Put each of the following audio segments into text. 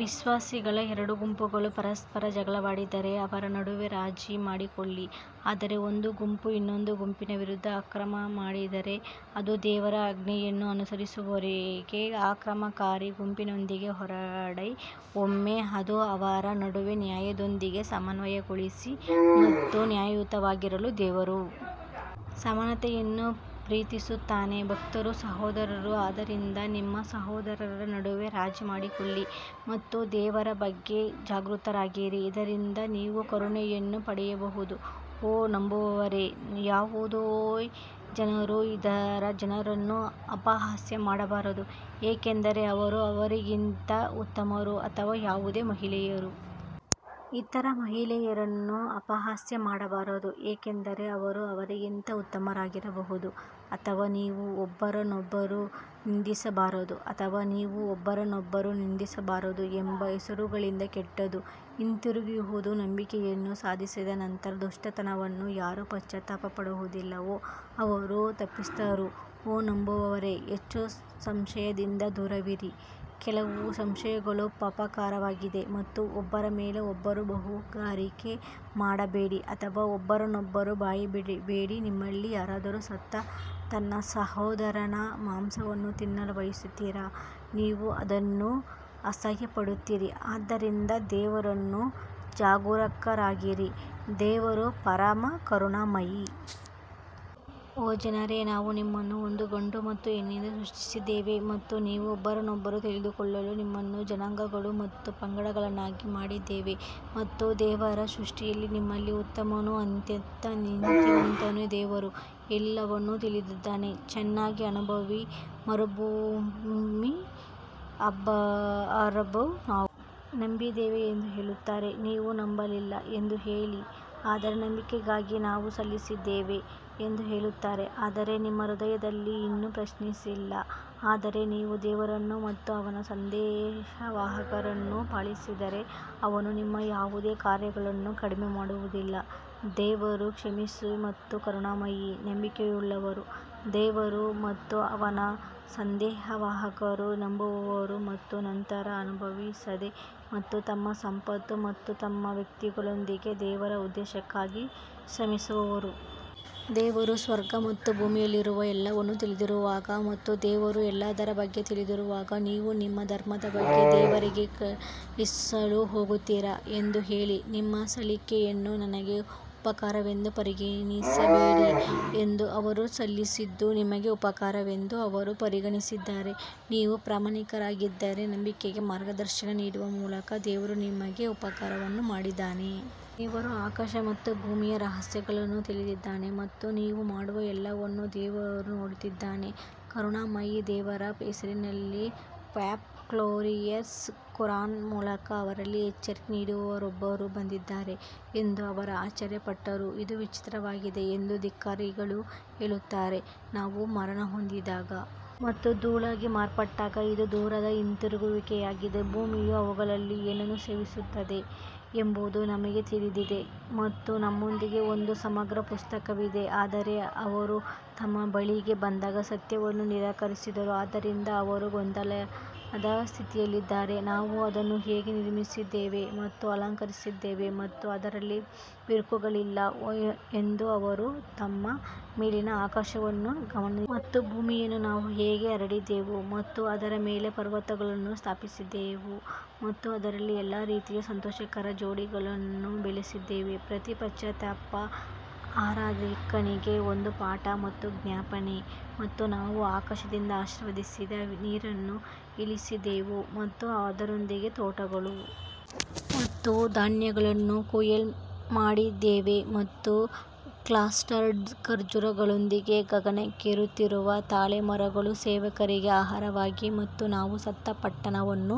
ವಿಶ್ವಾಸಿಗಳ ಎರಡು ಗುಂಪುಗಳು ಪರಸ್ಪರ ಜಗಳವಾಡಿದರೆ ಅವರ ನಡುವೆ ರಾಜಿ ಮಾಡಿಕೊಳ್ಳಿ ಆದರೆ ಒಂದು ಗುಂಪು ಇನ್ನೊಂದು ಗುಂಪಿನ ವಿರುದ್ಧ ಆಕ್ರಮಣ ಮಾಡಿದರೆ ಅದು ದೇವರ ಆಜ್ಞೆಯನ್ನು ಅನುಸರಿಸುವವರೆಗೆ ಆಕ್ರಮಣಕಾರಿ ಗುಂಪಿನೊಂದಿಗೆ ಹೋರಾಡಿ ಒಮ್ಮೆ ಅದು ಅವರ ನಡುವೆ ನ್ಯಾಯದೊಂದಿಗೆ ಸಮನ್ವಯಗೊಳಿಸಿ ಮತ್ತು ನ್ಯಾಯಯುತವಾಗಿರಲು ದೇವರು ಸಮಾನತೆಯನ್ನು ಪ್ರೀತಿಸುತ್ತಾನೆ ಭಕ್ತರು ಸಹೋದರರು ಆದ್ದರಿಂದ ನಿಮ್ಮ ಸಹೋದರರ ನಡುವೆ ರಾಜಿ ಮಾಡಿಕೊಳ್ಳಿ ಮತ್ತು ದೇವರ ಬಗ್ಗೆ ಜಾಗೃತರಾಗಿರಿ ಇದರಿಂದ ನೀವು ಕರುಣೆಯನ್ನು ಪಡೆಯಬಹುದು ಓ ನಂಬುವವರೇ, ಯಾವುದೇ ಜನರು ಇತರ ಜನರನ್ನು ಅಪಹಾಸ್ಯ ಮಾಡಬಾರದು ಏಕೆಂದರೆ ಅವರು ಅವರಿಗಿಂತ ಉತ್ತಮರು ಅಥವಾ ಯಾವುದೇ ಮಹಿಳೆಯರು ಇತರ ಮಹಿಳೆಯರನ್ನು ಅಪಹಾಸ್ಯ ಮಾಡಬಾರದು ಏಕೆಂದರೆ ಅವರು ಅವರಿಗಿಂತ ಉತ್ತಮರಾಗಿರಬಹುದು ಅಥವಾ ನೀವು ಒಬ್ಬರನ್ನೊಬ್ಬರು ನಿಂದಿಸಬಾರದು ಅಥವಾ ನೀವು ಒಬ್ಬರನ್ನೊಬ್ಬರು ನಿಂದಿಸಬಾರದು ಎಂಬ ಹೆಸರುಗಳಿಂದ ಕೆಟ್ಟದು ಹಿಂತಿರುಗುವುದು ನಂಬಿಕೆಯನ್ನು ಸಾಧಿಸಿದ ನಂತರ ದುಷ್ಟತನವನ್ನು ಯಾರು ಪಶ್ಚಾತ್ತಾಪ ಪಡುವುದಿಲ್ಲವೋ ಅವರು ತಪ್ಪಿತಸ್ಥರು ಓ ನಂಬುವವರೇ ಹೆಚ್ಚು ಸಂಶಯದಿಂದ ದೂರವಿರಿ ಕೆಲವು ಸಂಶಯಗಳು ಪಾಪಕರವಾಗಿದೆ ಮತ್ತು ಒಬ್ಬರ ಮೇಲೆ ಒಬ್ಬರು ಬೇಹುಗಾರಿಕೆ ಮಾಡಬೇಡಿ ಅಥವಾ ಒಬ್ಬರನ್ನೊಬ್ಬರು ಬೈಯಬೇಡಿ ನಿಮ್ಮಲ್ಲಿ ಯಾರಾದರೂ ಸತ್ತ ತನ್ನ ಸಹೋದರನ ಮಾಂಸವನ್ನು ತಿನ್ನಲು ಬಯಸುತ್ತೀರಾ ನೀವು ಅದನ್ನು ಅಸಹ್ಯಪಡುತ್ತೀರಿ ಆದ್ದರಿಂದ ದೇವರನ್ನು ಜಾಗರೂಕರಾಗಿರಿ ದೇವರು ಪರಮ ಕರುಣಾಮಯಿ. ಓ ಜನರೇ ನಾವು ನಿಮ್ಮನ್ನು ಒಂದು ಗಂಡು ಮತ್ತು ಹೆಣ್ಣಿನಿಂದ ಸೃಷ್ಟಿಸಿದ್ದೇವೆ ಮತ್ತು ನೀವು ಒಬ್ಬರನ್ನೊಬ್ಬರು ತಿಳಿದುಕೊಳ್ಳಲು ನಿಮ್ಮನ್ನು ಜನಾಂಗಗಳು ಮತ್ತು ಪಂಗಡಗಳನ್ನಾಗಿ ಮಾಡಿದ್ದೇವೆ ಮತ್ತು ದೇವರ ದೃಷ್ಟಿಯಲ್ಲಿ ನಿಮ್ಮಲ್ಲಿ ಉತ್ತಮನು ಅತ್ಯಂತ ನೀತಿವಂತನು ದೇವರು ಎಲ್ಲವನ್ನೂ ತಿಳಿದಿದ್ದಾನೆ ಚೆನ್ನಾಗಿ ಅನುಭವಿ ಮರುಭೂಮಿ ಅರಬ್ಬರು ನಾವು ನಂಬಿದ್ದೇವೆ ಎಂದು ಹೇಳುತ್ತಾರೆ ನೀವು ನಂಬಲಿಲ್ಲ ಎಂದು ಹೇಳಿ ಆದರೆ ನಂಬಿಕೆಗಾಗಿ ನಾವು ಸಲ್ಲಿಸಿದ್ದೇವೆ ಎಂದು ಹೇಳುತ್ತಾರೆ ಆದರೆ ನಿಮ್ಮ ಹೃದಯದಲ್ಲಿ ಇನ್ನೂ ಪ್ರವೇಶಿಸಿಲ್ಲ ಆದರೆ ನೀವು ದೇವರನ್ನು ಮತ್ತು ಅವನ ಸಂದೇಶವಾಹಕರನ್ನು ಪಾಲಿಸಿದರೆ ಅವನು ನಿಮ್ಮ ಯಾವುದೇ ಕಾರ್ಯಗಳನ್ನು ಕಡಿಮೆ ಮಾಡುವುದಿಲ್ಲ ದೇವರು ಕ್ಷಮಿಸುವ ಮತ್ತು ಕರುಣಾಮಯಿ ನಂಬಿಕೆಯುಳ್ಳವರು ದೇವರು ಮತ್ತು ಅವನ ಸಂದೇಶವಾಹಕರನ್ನು ನಂಬುವವರು ಮತ್ತು ನಂತರ ಅನುಮಾನಿಸದೆ ಮತ್ತು ತಮ್ಮ ಸಂಪತ್ತು ಮತ್ತು ತಮ್ಮ ವ್ಯಕ್ತಿಗಳೊಂದಿಗೆ ದೇವರ ಉದ್ದೇಶಕ್ಕಾಗಿ ಶ್ರಮಿಸುವವರು. ದೇವರು ಸ್ವರ್ಗ ಮತ್ತು ಭೂಮಿಯಲ್ಲಿರುವ ಎಲ್ಲವನ್ನೂ ತಿಳಿದಿರುವಾಗ ಮತ್ತು ದೇವರು ಎಲ್ಲದರ ಬಗ್ಗೆ ತಿಳಿದಿರುವಾಗ ನೀವು ನಿಮ್ಮ ಧರ್ಮದ ಬಗ್ಗೆ ದೇವರಿಗೆ ಕಲಿಸಲು ಹೋಗುತ್ತೀರಾ ಎಂದು ಹೇಳಿ. ನಿಮ್ಮ ಸಲ್ಲಿಕೆಯನ್ನು ನನಗೆ ಉಪಕಾರವೆಂದು ಪರಿಗಣಿಸಬೇಡಿ ಎಂದು ಅವರು ಸಲ್ಲಿಸಿದ್ದು ನಿಮಗೆ ಉಪಕಾರವೆಂದು ಅವರು ಪರಿಗಣಿಸಿದ್ದಾರೆ, ನೀವು ಪ್ರಾಮಾಣಿಕರಾಗಿದ್ದರೆ ನಂಬಿಕೆಗೆ ಮಾರ್ಗದರ್ಶನ ನೀಡುವ ಮೂಲಕ ದೇವರು ನಿಮಗೆ ಉಪಕಾರವನ್ನು ಮಾಡಿದ್ದಾನೆ. ದೇವರು ಆಕಾಶ ಮತ್ತು ಭೂಮಿಯ ರಹಸ್ಯಗಳನ್ನು ತಿಳಿದಿದ್ದಾನೆ ಮತ್ತು ನೀವು ಮಾಡುವ ಎಲ್ಲವನ್ನೂ ದೇವರು ನೋಡುತ್ತಿದ್ದಾನೆ ಕರುಣಾಮಯಿ ದೇವರ ಹೆಸರಿನಲ್ಲಿ ಕ್ವಾಫ್ ಗ್ಲೋರಿಯಸ್ ಕುರಾನ್ ಮೂಲಕ ಅವರಲ್ಲಿ ಎಚ್ಚರಿಕೆ ನೀಡುವವರೊಬ್ಬರು ಬಂದಿದ್ದಾರೆ ಎಂದು ಅವರು ಆಶ್ಚರ್ಯಪಟ್ಟರು, ಇದು ವಿಚಿತ್ರವಾಗಿದೆ ಎಂದು ಧಿಕ್ಕಾರಿಗಳು ಹೇಳುತ್ತಾರೆ ನಾವು ಮರಣಹೊಂದಿದಾಗ ಮತ್ತು ಧೂಳಾಗಿ ಮಾರ್ಪಟ್ಟಾಗ ಇದು ದೂರದ ಹಿಂತಿರುಗುವಿಕೆಯಾಗಿದೆ ಭೂಮಿಯು ಅವುಗಳಲ್ಲಿ ಏನನ್ನು ಸೇವಿಸುತ್ತದೆ ಎಂಬುದು ನಮಗೆ ತಿಳಿದಿದೆ ಮತ್ತು ನಮ್ಮೊಂದಿಗೆ ಒಂದು ಸಮಗ್ರ ಪುಸ್ತಕವಿದೆ ಆದರೆ ಅವರು ತಮ್ಮ ಬಳಿಗೆ ಬಂದಾಗ ಸತ್ಯವನ್ನು ನಿರಾಕರಿಸಿದರು, ಆದ್ದರಿಂದ ಅವರು ಗೊಂದಲದ ಸ್ಥಿತಿಯಲ್ಲಿದ್ದಾರೆ ನಾವು ಅದನ್ನು ಹೇಗೆ ನಿರ್ಮಿಸಿದ್ದೇವೆ ಮತ್ತು ಅಲಂಕರಿಸಿದ್ದೇವೆ ಮತ್ತು ಅದರಲ್ಲಿ ಬಿರುಕುಗಳಿಲ್ಲ ಎಂದು ಅವರು ತಮ್ಮ ಮೇಲಿನ ಆಕಾಶವನ್ನು ಗಮನಿಸಲಿಲ್ಲವೇ? ಮತ್ತು ಭೂಮಿಯನ್ನು ನಾವು ಹೇಗೆ ಹರಡಿದೆವು ಮತ್ತು ಅದರ ಮೇಲೆ ಪರ್ವತಗಳನ್ನು ಸ್ಥಾಪಿಸಿದೆವು ಮತ್ತು ಅದರಲ್ಲಿ ಎಲ್ಲಾ ರೀತಿಯ ಸಂತೋಷಕರ ಜೋಡಿಗಳನ್ನು ಬೆಳೆಸಿದೆವು ಪ್ರತಿ ಪಶ್ಚಾತ್ತಾಪ ಆರಾಧಕನಿಗೆ ಒಂದು ಪಾಠ ಮತ್ತು ಜ್ಞಾಪನೆ ಮತ್ತು ನಾವು ಆಕಾಶದಿಂದ ಆಶೀರ್ವದಿಸಿದ ನೀರನ್ನು ಇಳಿಸಿದೆವು ಮತ್ತು ಅದರೊಂದಿಗೆ ತೋಟಗಳನ್ನು ಮತ್ತು ಧಾನ್ಯಗಳನ್ನು ಕೊಯ್ಲು ಮಾಡಿದ್ದೇವೆ ಮತ್ತು ಕ್ಲಸ್ಟರ್ಡ್ ಖರ್ಜೂರಗಳೊಂದಿಗೆ ಗಗನಕ್ಕೇರುತ್ತಿರುವ ತಾಳೆ ಮರಗಳು ಸೇವಕರಿಗೆ ಆಹಾರವಾಗಿ ಮತ್ತು ನಾವು ಸತ್ತ ಪಟ್ಟಣವನ್ನು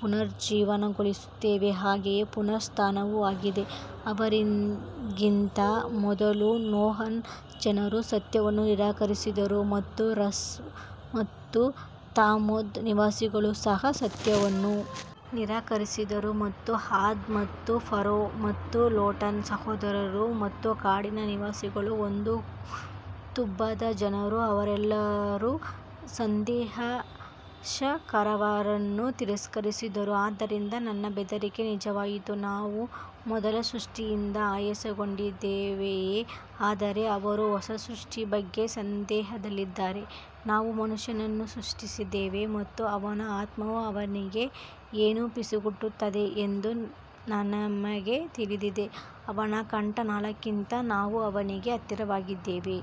ಪುನರುಜ್ಜೀವನಗೊಳಿಸುತ್ತೇವೆ ಹಾಗೆಯೇ ಪುನರುತ್ಥಾನವೂ ಆಗಿದೆ ಅವರಿಗಿಂತ ಮೊದಲು ನೋಹನ ಜನರು ಸತ್ಯವನ್ನು ನಿರಾಕರಿಸಿದರು ಮತ್ತು ರಸ್ ಮತ್ತು ತಮೂದ್ ನಿವಾಸಿಗಳು ಸಹ ಸತ್ಯವನ್ನು ನಿರಾಕರಿಸಿದರು ಮತ್ತು ಆದ್ ಮತ್ತು ಫರೋ ಮತ್ತು ಲೋಟನ ಸಹೋದರರು ಮತ್ತು ಕಾಡಿನ ನಿವಾಸಿಗಳು ಮತ್ತು ತುಬ್ಬದ ಜನರು ಅವರೆಲ್ಲರೂ ಸಂದೇಶವಾಹಕರನ್ನು ತಿರಸ್ಕರಿಸಿದರು ಆದ್ದರಿಂದ ನನ್ನ ಬೆದರಿಕೆ ನಿಜವಾಯಿತು ನಾವು ಮೊದಲ ಸೃಷ್ಟಿಯಿಂದ ಆಯಾಸಗೊಂಡಿದ್ದೇವೆಯೇ ಆದರೆ ಅವರು ಹೊಸ ಸೃಷ್ಟಿಯ ಬಗ್ಗೆ ಸಂದೇಹದಲ್ಲಿದ್ದಾರೆ ನಾವು ಮನುಷ್ಯನನ್ನು ಸೃಷ್ಟಿಸಿದ್ದೇವೆ ಮತ್ತು ಅವನ ಆತ್ಮವು ಅವನಿಗೆ ಏನು ಪಿಸುಗುಟ್ಟುತ್ತದೆ ಎಂದು ನಮಗೆ ತಿಳಿದಿದೆ, ಅವನ ಕಂಠನಾಳಕ್ಕಿಂತ ನಾವು ಅವನಿಗೆ ಹತ್ತಿರವಾಗಿದ್ದೇವೆ.